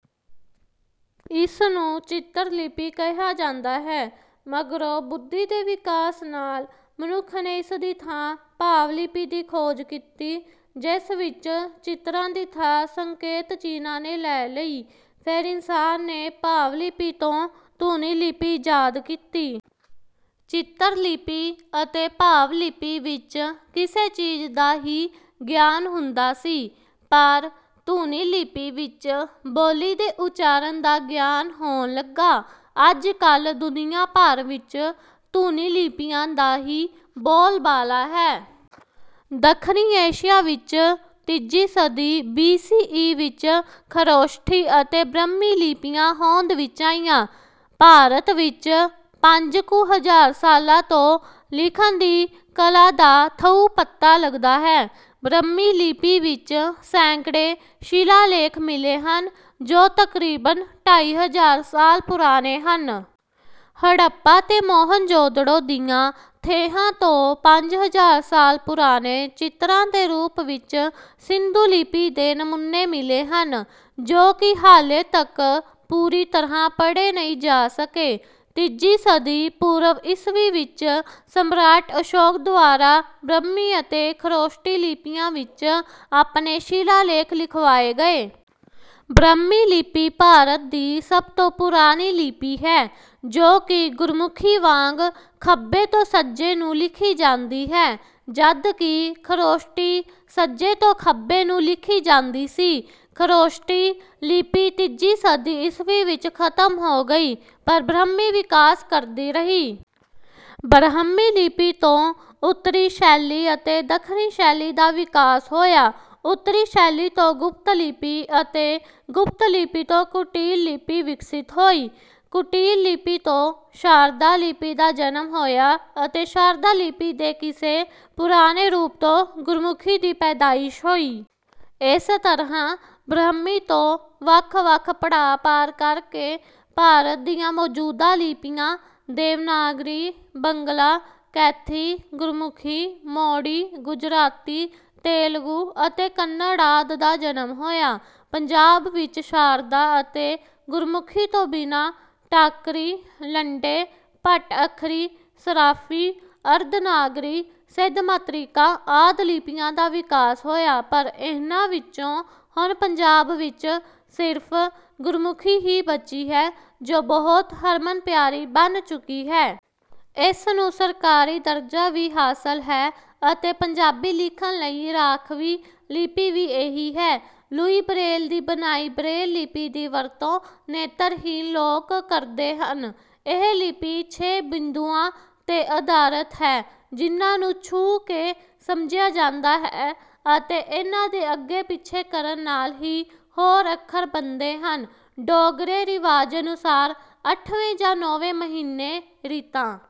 ਇਸਨੂੰ 'ਚਿਤਰ ਲਿਪੀ' ਕਿਹਾ ਜਾਂਦਾ ਹੈ। ਮਗਰੋਂ ਬੁੱਧੀ ਦੇ ਵਿਕਾਸ ਨਾਲ਼ ਮਨੁੱਖ ਨੇ ਇਸ ਦੀ ਥਾਂ 'ਭਾਵ ਲਿਪੀ' ਦੀ ਖੋਜ ਕੀਤੀ, ਜਿਸ ਵਿੱਚ ਚਿਤਰਾਂ ਦੀ ਥਾਂ ਸੰਕੇਤ-ਚਿੰਨ੍ਹਾਂ ਨੇ ਲੈ ਲਈ। ਫਿਰ ਇਨਸਾਨ ਨੇ 'ਭਾਵ ਲਿਪੀ' ਤੋਂ 'ਧੁਨੀ ਲਿਪੀ' ਈਜਾਦ ਕੀਤੀ। 'ਚਿਤਰ ਲਿਪੀ' ਅਤੇ 'ਭਾਵ ਲਿਪੀ' ਵਿੱਚ ਕਿਸੇ ਚੀਜ਼ ਦਾ ਹੀ ਗਿਆਨ ਹੁੰਦਾ ਸੀ, ਪਰ 'ਧੁਨੀ ਲਿਪੀ' ਵਿੱਚ ਬੋਲੀ ਦੇ ਉਚਾਰਣ ਦਾ ਗਿਆਨ ਹੋਣ ਲੱਗਾ। ਅੱਜ-ਕੱਲ੍ਹ ਦੁਨੀਆਂ ਭਰ ਵਿੱਚ 'ਧੁਨੀ' ਲਿਪੀਆਂ ਦਾ ਹੀ ਬੋਲਬਾਲਾ ਹੈ। ਦੱਖਣੀ ਏਸ਼ੀਆ ਵਿੱਚ ਤੀਜੀ ਸਦੀ ਬੀ. ਸੀ. ਈ. ਵਿੱਚ ਖ਼ਰੋਸ਼ਠੀ ਅਤੇ ਬ੍ਰਹਮੀ ਲਿਪੀਆਂ ਹੋਂਦ ਵਿੱਚ ਆਈਆਂ। ਭਾਰਤ ਵਿੱਚ ਪੰਜ ਕੁ ਹਜ਼ਾਰ ਸਾਲਾਂ ਤੋਂ ਲਿਖਣ ਦੀ ਕਲਾ ਦਾ ਥਹੁ-ਪਤਾ ਲੱਗਦਾ ਹੈ। ਬ੍ਰਹਮੀ ਲਿਪੀ ਵਿੱਚ ਸੈਂਕੜੇ ਸ਼ਿਲਾਲੇਖ ਮਿਲੇ ਹਨ, ਜੋ ਤਕਰੀਬਨ ਢਾਈ ਹਜ਼ਾਰ ਸਾਲ ਪੁਰਾਣੇ ਹਨ। ਹੜੱਪਾ ਤੇ ਮੋਹਿੰਜੋਦੜੋ ਦੀਆਂ ਥੇਹਾਂ ਤੋਂ ਪੰਜ ਹਜ਼ਾਰ ਸਾਲ ਪੁਰਾਣੇ ਚਿਤਰਾਂ ਦੇ ਰੂਪ ਵਿੱਚ ਸਿੰਧੂ ਲਿਪੀ ਦੇ ਨਮੂਨੇ ਮਿਲੇ ਹਨ, ਜੋ ਕਿ ਹਾਲੇ ਤੱਕ ਪੂਰੀ ਤਰ੍ਹਾਂ ਪੜ੍ਹੇ ਨਹੀਂ ਜਾ ਸਕੇ। ਤੀਜੀ ਸਦੀ ਪੂਰਵ-ਈਸਵੀ ਵਿੱਚ ਸਮਰਾਟ ਅਸ਼ੋਕ ਦੁਆਰਾ ਬ੍ਰਹਮੀ ਅਤੇ ਖ਼ਰੋਸ਼ਠੀ ਲਿਪੀਆਂ ਵਿੱਚ ਆਪਣੇ ਸ਼ਿਲਾਲੇਖ ਲਿਖਵਾਏ ਗਏ। ਬ੍ਰਹਮੀ ਲਿਪੀ ਭਾਰਤ ਦੀ ਸਭ ਤੋਂ ਪੁਰਾਣੀ ਲਿਪੀ ਹੈ, ਜੋ ਕਿ ਗੁਰਮੁਖੀ ਵਾਂਗ ਖੱਬੇ ਤੋਂ ਸੱਜੇ ਨੂੰ ਲਿਖੀ ਜਾਂਦੀ ਹੈ, ਜਦਕਿ ਖ਼ਰੋਸ਼ਠੀ ਸੱਜੇ ਤੋਂ ਖੱਬੇ ਨੂੰ ਲਿਖੀ ਜਾਂਦੀ ਸੀ। ਖ਼ਰੋਸ਼ਠੀ ਲਿਪੀ ਤੀਜੀ ਸਦੀ ਈਸਵੀ ਵਿੱਚ ਖ਼ਤਮ ਹੋ ਗਈ, ਪਰ ਬ੍ਰਹਮੀ ਵਿਕਾਸ ਕਰਦੀ ਰਹੀ। ਬ੍ਰਹਮੀ ਲਿਪੀ ਤੋਂ ਉੱਤਰੀ ਸ਼ੈਲੀ ਅਤੇ ਦੱਖਣੀ ਸ਼ੈਲੀ ਦਾ ਵਿਕਾਸ ਹੋਇਆ। ਉੱਤਰੀ ਸ਼ੈਲੀ ਤੋਂ ਗੁਪਤ ਲਿਪੀ ਅਤੇ ਗੁਪਤ ਲਿਪੀ ਤੋਂ ਕੁਟਿਲ ਲਿਪੀ ਵਿਕਸਿਤ ਹੋਈ। ਕੁਟਿਲ ਲਿਪੀ ਤੋਂ ਸ਼ਾਰਦਾ ਲਿਪੀ ਦਾ ਜਨਮ ਹੋਇਆ ਅਤੇ ਸ਼ਾਰਦਾ ਲਿਪੀ ਦੇ ਕਿਸੇ ਪੁਰਾਣੇ ਰੂਪ ਤੋਂ ਗੁਰਮੁਖੀ ਦੀ ਪੈਦਾਇਸ਼ ਹੋਈ। ਇਸ ਤਰ੍ਹਾਂ ਬ੍ਰਹਮੀ ਤੋਂ ਵੱਖ-ਵੱਖ ਪੜਾਅ ਪਾਰ ਕਰ ਕੇ ਭਾਰਤ ਦੀਆਂ ਮੌਜੂਦਾ ਲਿਪੀਆਂ- ਦੇਵਨਾਗਰੀ, ਬੰਗਲਾ, ਕੈਥੀ, ਗੁਰਮੁਖੀ, ਮੋੜੀ, ਗੁਜਰਾਤੀ, ਤੇਲਗੂ ਅਤੇ ਕੰਨੜ ਆਦਿ ਦਾ ਜਨਮ ਹੋਇਆ। ਪੰਜਾਬ ਵਿੱਚ ਸ਼ਾਰਦਾ ਅਤੇ ਗੁਰਮੁਖੀ ਤੋਂ ਬਿਨਾਂ ਟਾਕਰੀ, ਲੰਡੇ, ਭੱਟ ਅੱਖਰੀ, ਸਰਾਫ਼ੀ, ਅਰਧ-ਨਾਗਰੀ, ਸਿੱਧ-ਮਾਤ੍ਰਿਕਾ ਆਦਿ ਲਿਪੀਆਂ ਦਾ ਵਿਕਾਸ ਹੋਇਆ ਪਰ ਇਹਨਾਂ ਵਿੱਚੋਂ ਹੁਣ ਪੰਜਾਬ ਵਿੱਚ ਸਿਰਫ਼ ਗੁਰਮੁਖੀ ਹੀ ਬਚੀ ਹੈ, ਜੋ ਬਹੁਤ ਹਰਮਨ-ਪਿਆਰੀ ਬਣ ਚੁੱਕੀ ਹੈ। ਇਸ ਨੂੰ ਸਰਕਾਰੀ ਦਰਜਾ ਵੀ ਹਾਸਲ ਹੈ ਅਤੇ ਪੰਜਾਬੀ ਲਿਖਣ ਲਈ ਰਾਖਵੀਂ ਲਿਪੀ ਵੀ ਇਹੀ ਹੈ। ਲੂਈ ਬਰੇਲ ਦੀ ਬਣਾਈ ਬਰੇਲ ਲਿਪੀ ਦੀ ਵਰਤੋਂ ਨੇਤਰਹੀਣ ਲੋਕ ਕਰਦੇ ਹਨ। ਇਹ ਲਿਪੀ ਛੇ ਬਿੰਦੂਆਂ 'ਤੇ ਅਧਾਰਤ ਹੈ ਜਿਨ੍ਹਾਂ ਨੂੰ ਛੂਹ ਕੇ ਸਮਝਿਆ ਜਾਂਦਾ ਹੈ ਅਤੇ ਇਹਨਾਂ ਦੇ ਅੱਗੇ-ਪਿੱਛੇ ਕਰਨ ਨਾਲ਼ ਹੀ ਹੋਰ ਅੱਖਰ ਬਣਦੇ ਹਨ। ਡੋਗਰੇ ਰਿਵਾਜ਼ ਅਨੁਸਾਰ ਅੱਠਵੇਂ ਜਾਂ ਨੌਵੇਂ ਮਹੀਨੇ ਰੀਤਾਂ